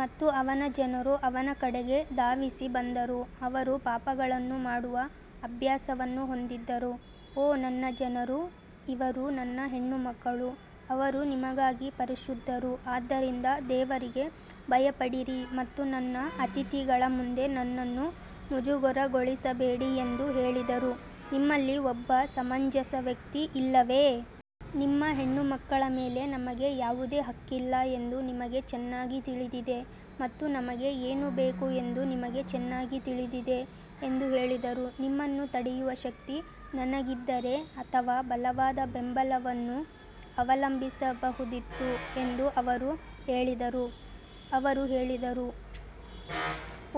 ಮತ್ತು ಅವನ ಜನರು ಅವನ ಕಡೆಗೆ ಧಾವಿಸಿ ಬಂದರು ಅವರು ಪಾಪಗಳನ್ನು ಮಾಡುವ ಅಭ್ಯಾಸವನ್ನು ಹೊಂದಿದ್ದರು ಓ ನನ್ನ ಜನರು ಇವರು ನನ್ನ ಹೆಣ್ಣುಮಕ್ಕಳು ಅವರು ನಿಮಗಾಗಿ ಪರಿಶುದ್ಧರು ಆದ್ದರಿಂದ ದೇವರಿಗೆ ಭಯಪಡಿರಿ ಮತ್ತು ನನ್ನ ಅತಿಥಿಗಳ ಮುಂದೆ ನನ್ನನ್ನು ಮುಜುಗರಗೊಳಿಸಬೇಡಿ ಎಂದು ಹೇಳಿದರು ನಿಮ್ಮಲ್ಲಿ ಒಬ್ಬ ಸಮಂಜಸ ವ್ಯಕ್ತಿ ಇಲ್ಲವೇ? ನಿಮ್ಮ ಹೆಣ್ಣುಮಕ್ಕಳ ಮೇಲೆ ನಮಗೆ ಯಾವುದೇ ಹಕ್ಕಿಲ್ಲ ಎಂದು ನಿಮಗೆ ಚೆನ್ನಾಗಿ ತಿಳಿದಿದೆ ಮತ್ತು ನಮಗೆ ಏನು ಬೇಕು ಎಂದು ನಿಮಗೆ ಚೆನ್ನಾಗಿ ತಿಳಿದಿದೆ ಎಂದು ಹೇಳಿದರು ನಿಮ್ಮನ್ನು ತಡೆಯುವ ಶಕ್ತಿ ನನಗಿದ್ದರೆ ಅಥವಾ ಬಲವಾದ ಬೆಂಬಲವನ್ನು ಅವಲಂಬಿಸಬಹುದಿತ್ತು ಎಂದು ಅವರು ಹೇಳಿದರು ಅವರು ಹೇಳಿದರು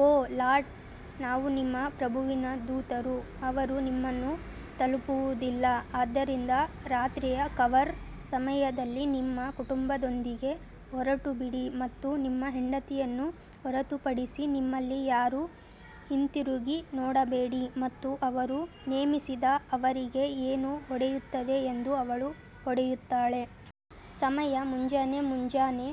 ಓ ಲಾಟ್ ನಾವು ನಿಮ್ಮ ಪ್ರಭುವಿನ ದೂತರು ಅವರು ನಿಮ್ಮನ್ನು ತಲುಪುವುದಿಲ್ಲ ಆದ್ದರಿಂದ ರಾತ್ರಿಯ ಕವರ್ ಸಮಯದಲ್ಲಿ ನಿಮ್ಮ ಕುಟುಂಬದೊಂದಿಗೆ ಹೊರಟುಬಿಡಿ ಮತ್ತು ನಿಮ್ಮ ಹೆಂಡತಿಯನ್ನು ಹೊರತುಪಡಿಸಿ ನಿಮ್ಮಲ್ಲಿ ಯಾರೂ ಹಿಂತಿರುಗಿ ನೋಡಬೇಡಿ ಮತ್ತು ಅವರು ನೇಮಿಸಿದ ಅವರಿಗೆ ಏನು ಹೊಡೆಯುತ್ತದೆ ಎಂದು ಅವಳು ಹೊಡೆಯುತ್ತಾಳೆ. ಸಮಯ ಮುಂಜಾನೆ ಮುಂಜಾನೆ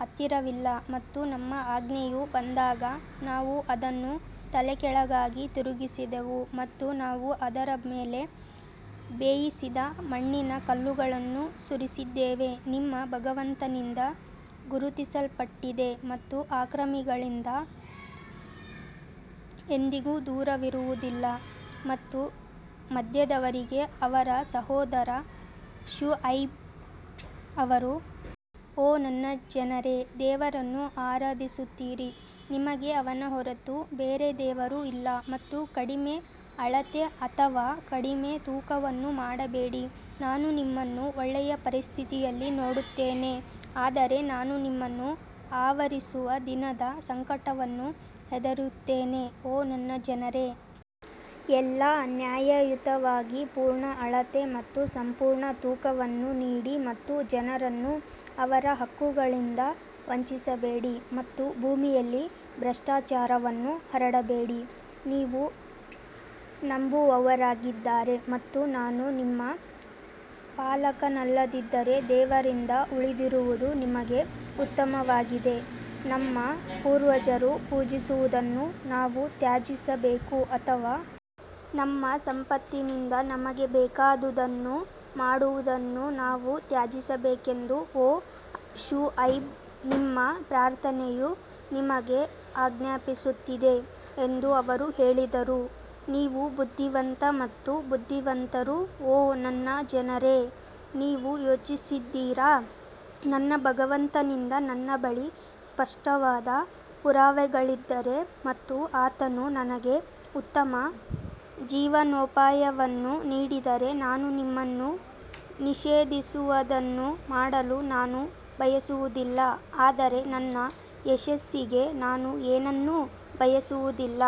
ಹತ್ತಿರವಿಲ್ಲ ಮತ್ತು ನಮ್ಮ ಆಜ್ಞೆಯು ಬಂದಾಗ ನಾವು ಅದನ್ನು ತಲೆಕೆಳಗಾಗಿ ತಿರುಗಿಸಿದೆವು ಮತ್ತು ನಾವು ಅದರ ಮೇಲೆ ಬೇಯಿಸಿದ ಮಣ್ಣಿನ ಕಲ್ಲುಗಳನ್ನು ಸುರಿಸಿದ್ದೇವೆ ನಿಮ್ಮ ಭಗವಂತನಿಂದ ಗುರುತಿಸಲ್ಪಟ್ಟಿದೆ ಮತ್ತು ಅಕ್ರಮಿಗಳಿಂದ ಎಂದಿಗೂ ದೂರವಿರುವುದಿಲ್ಲ ಮತ್ತು ಮಧ್ಯದವರಿಗೆ ಅವರ ಸಹೋದರ ಶುಐಬ್ ಅವರು ಓ ನನ್ನ ಜನರೇ ದೇವರನ್ನು ಆರಾಧಿಸುತ್ತೀರಿ ನಿಮಗೆ ಅವನ ಹೊರತು ಬೇರೆ ದೇವರು ಇಲ್ಲ ಮತ್ತು ಕಡಿಮೆ ಅಳತೆ ಅಥವಾ ಕಡಿಮೆ ತೂಕವನ್ನು ಮಾಡಬೇಡಿ ನಾನು ನಿಮ್ಮನ್ನು ಒಳ್ಳೆಯ ಪರಿಸ್ಥಿತಿಯಲ್ಲಿ ನೋಡುತ್ತೇನೆ ಆದರೆ ನಾನು ನಿಮ್ಮನ್ನು ಆವರಿಸುವ ದಿನದ ಸಂಕಟವನ್ನು ಹೆದರುತ್ತೇನೆ ಓ ನನ್ನ ಜನರೇ, ಎಲ್ಲಾ ನ್ಯಾಯಯುತವಾಗಿ ಪೂರ್ಣ ಅಳತೆ ಮತ್ತು ಸಂಪೂರ್ಣ ತೂಕವನ್ನು ನೀಡಿ ಮತ್ತು ಜನರನ್ನು ಅವರ ಹಕ್ಕುಗಳಿಂದ ವಂಚಿಸಬೇಡಿ ಮತ್ತು ಭೂಮಿಯಲ್ಲಿ ಭ್ರಷ್ಟಾಚಾರವನ್ನು ಹರಡಬೇಡಿ ನೀವು ನಂಬುವವರಾಗಿದ್ದರೆ ಮತ್ತು ನಾನು ನಿಮ್ಮ ಪಾಲಕನಲ್ಲದಿದ್ದರೆ ದೇವರಿಂದ ಉಳಿದಿರುವುದು ನಿಮಗೆ ಉತ್ತಮವಾಗಿದೆ ನಮ್ಮ ಪೂರ್ವಜರು ಪೂಜಿಸುವುದನ್ನು ನಾವು ತ್ಯಜಿಸಬೇಕು ಅಥವಾ ನಮ್ಮ ಸಂಪತ್ತಿನಿಂದ ನಮಗೆ ಬೇಕಾದುದನ್ನು ಮಾಡುವುದನ್ನು ನಾವು ತ್ಯಜಿಸಬೇಕೆಂದು ಓ ಶುಐಬ್ ನಿಮ್ಮ ಪ್ರಾರ್ಥನೆಯು ನಿಮಗೆ ಆಜ್ಞಾಪಿಸುತ್ತಿದೆ ಎಂದು ಅವರು ಹೇಳಿದರು, ನೀವು ಬುದ್ಧಿವಂತ ಮತ್ತು ಬುದ್ಧಿವಂತರು ಓ ನನ್ನ ಜನರೇ ನೀವು ಯೋಚಿಸಿದ್ದೀರಾ, ನನ್ನ ಭಗವಂತನಿಂದ ನನ್ನ ಬಳಿ ಸ್ಪಷ್ಟವಾದ ಪುರಾವೆಗಳಿದ್ದರೆ ಮತ್ತು ಆತನು ನನಗೆ ಉತ್ತಮ ಜೀವನೋಪಾಯವನ್ನು ನೀಡಿದರೆ, ನಾನು ನಿಮ್ಮನ್ನು ನಿಷೇಧಿಸುವದನ್ನು ಮಾಡಲು ನಾನು ಬಯಸುವುದಿಲ್ಲ, ಆದರೆ ನನ್ನ ಯಶಸ್ಸಿಗೆ ನಾನು ಏನನ್ನೂ ಬಯಸುವುದಿಲ್ಲ.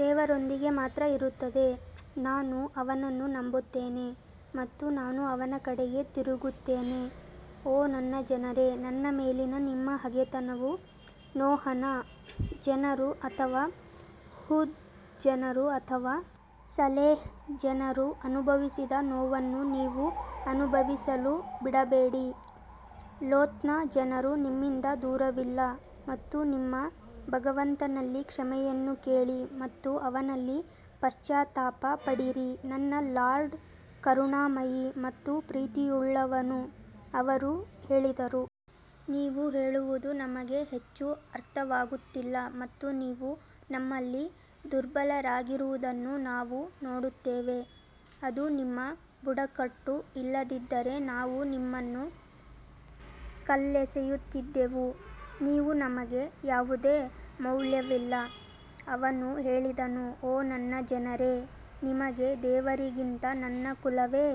ದೇವರೊಂದಿಗೆ ಮಾತ್ರ ಇರುತ್ತದೆ ನಾನು ಅವನನ್ನು ನಂಬುತ್ತೇನೆ ಮತ್ತು ನಾನು ಅವನ ಕಡೆಗೆ ತಿರುಗುತ್ತೇನೆ ಓ ನನ್ನ ಜನರೇ, ನನ್ನ ಮೇಲಿನ ನಿಮ್ಮ ಹಗೆತನವು ನೋಹನ ಜನರು ಅಥವಾ ಹುದ್ ಜನರು ಅಥವಾ ಸಲೇಹ್ ಜನರು ಅನುಭವಿಸಿದ ನೋವನ್ನು ನೀವು ಅನುಭವಿಸಲು ಬಿಡಬೇಡಿ, ಲೋತ್ನ ಜನರು ನಿಮ್ಮಿಂದ ದೂರವಿಲ್ಲ ಮತ್ತು ನಿಮ್ಮ ಭಗವಂತನಲ್ಲಿ ಕ್ಷಮೆಯನ್ನು ಕೇಳಿ ಮತ್ತು ಅವನಲ್ಲಿ ಪಶ್ಚಾತ್ತಾಪ ಪಡಿರಿ ನನ್ನ ಲಾರ್ಡ್ ಕರುಣಾಮಯಿ ಮತ್ತು ಪ್ರೀತಿಯುಳ್ಳವನು ಅವರು ಹೇಳಿದರು. ನೀವು ಹೇಳುವುದು ನಮಗೆ ಹೆಚ್ಚು ಅರ್ಥವಾಗುತ್ತಿಲ್ಲ ಮತ್ತು ನೀವು ನಮ್ಮಲ್ಲಿ ದುರ್ಬಲರಾಗಿರುವುದನ್ನು ನಾವು ನೋಡುತ್ತೇವೆ, ಅದು ನಿಮ್ಮ ಬುಡಕಟ್ಟು ಇಲ್ಲದಿದ್ದರೆ ನಾವು ನಿಮ್ಮನ್ನು ಕಲ್ಲೆಸೆಯುತ್ತಿದ್ದೆವು, ನೀವು ನಮಗೆ ಯಾವುದೇ ಮೌಲ್ಯವಿಲ್ಲ ಅವನು ಹೇಳಿದನು ಓ ನನ್ನ ಜನರೇ ನಿಮಗೆ ದೇವರಿಗಿಂತ ನನ್ನ ಕುಲವೇ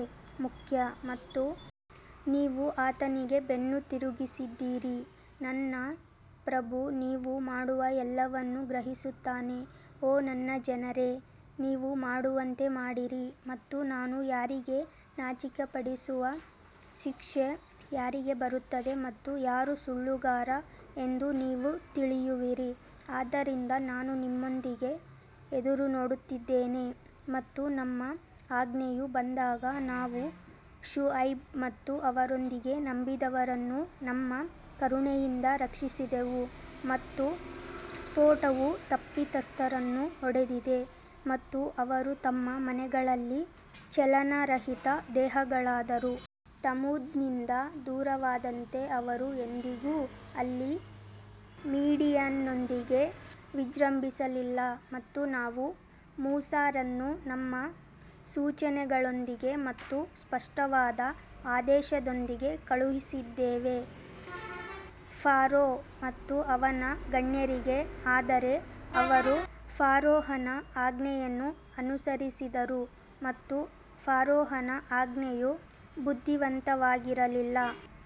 ಮುಖ್ಯ ಮತ್ತು ನೀವು ಆತನಿಗೆ ಬೆನ್ನು ತಿರುಗಿಸಿದ್ದೀರಿ ನನ್ನ ಪ್ರಭು ನೀವು ಮಾಡುವ ಎಲ್ಲವನ್ನೂ ಗ್ರಹಿಸುತ್ತಾನೆ ಓ ನನ್ನ ಜನರೇ ನೀವು ಮಾಡುವಂತೆ ಮಾಡಿರಿ ಮತ್ತು ನಾನು ಯಾರಿಗೆ ನಾಚಿಕೆಪಡಿಸುವ ಶಿಕ್ಷೆ ಯಾರಿಗೆ ಬರುತ್ತದೆ ಮತ್ತು ಯಾರು ಸುಳ್ಳುಗಾರ ಎಂದು ನೀವು ತಿಳಿಯುವಿರಿ ಆದ್ದರಿಂದ ನಾನು ನಿಮ್ಮೊಂದಿಗೆ ಎದುರುನೋಡುತ್ತಿದ್ದೇನೆ ಮತ್ತು ನಮ್ಮ ಆಜ್ಞೆಯು ಬಂದಾಗ ನಾವು ಶುಐಬ್ ಮತ್ತು ಅವರೊಂದಿಗೆ ನಂಬಿದವರನ್ನು ನಮ್ಮ ಕರುಣೆಯಿಂದ ರಕ್ಷಿಸಿದೆವು ಮತ್ತು ಸ್ಫೋಟವು ತಪ್ಪಿತಸ್ಥರನ್ನು ಹೊಡೆದಿದೆ ಮತ್ತು ಅವರು ತಮ್ಮ ಮನೆಗಳಲ್ಲಿ ಚಲನರಹಿತ ದೇಹಗಳಾದರು. ತಮೂದ್ನಿಂದ ದೂರವಾದಂತೆ ಅವರು ಎಂದಿಗೂ ಅಲ್ಲಿ ಮೀಡಿಯನ್ನೊಂದಿಗೆ ವಿಜೃಂಭಿಸಲಿಲ್ಲ ಮತ್ತು ನಾವು ಮೂಸಾರನ್ನು ನಮ್ಮ ಸೂಚನೆಗಳೊಂದಿಗೆ ಮತ್ತು ಸ್ಪಷ್ಟವಾದ ಆದೇಶದೊಂದಿಗೆ ಕಳುಹಿಸಿದ್ದೇವೆ ಫರೋ ಮತ್ತು ಅವನ ಗಣ್ಯರಿಗೆ ಆದರೆ ಅವರು ಫರೋಹನ ಆಜ್ಞೆಯನ್ನು ಅನುಸರಿಸಿದರು ಮತ್ತು ಫರೋಹನ ಆಜ್ಞೆಯು ಬುದ್ಧಿವಂತವಾಗಿರಲಿಲ್ಲ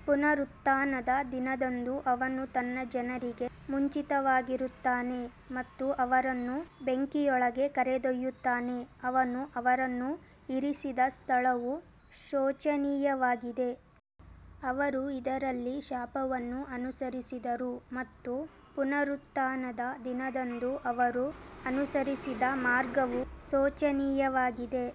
ಪುನರುತ್ಥಾನದ ದಿನದಂದು ಅವನು ತನ್ನ ಜನರಿಗೆ ಮುಂಚಿತವಾಗಿರುತ್ತಾನೆ ಮತ್ತು ಅವರನ್ನು ಬೆಂಕಿಯೊಳಗೆ ಕರೆದೊಯ್ಯುತ್ತಾನೆ, ಅವನು ಅವರನ್ನು ಇರಿಸಿದ ಸ್ಥಳವು ಶೋಚನೀಯವಾಗಿದೆ. ಅವರು ಇದರಲ್ಲಿ ಶಾಪವನ್ನು ಅನುಸರಿಸಿದರು ಮತ್ತು ಪುನರುತ್ಥಾನದ ದಿನದಂದು ಅವರು ಅನುಸರಿಸಿದ ಮಾರ್ಗವು ಶೋಚನೀಯವಾಗಿದೆ.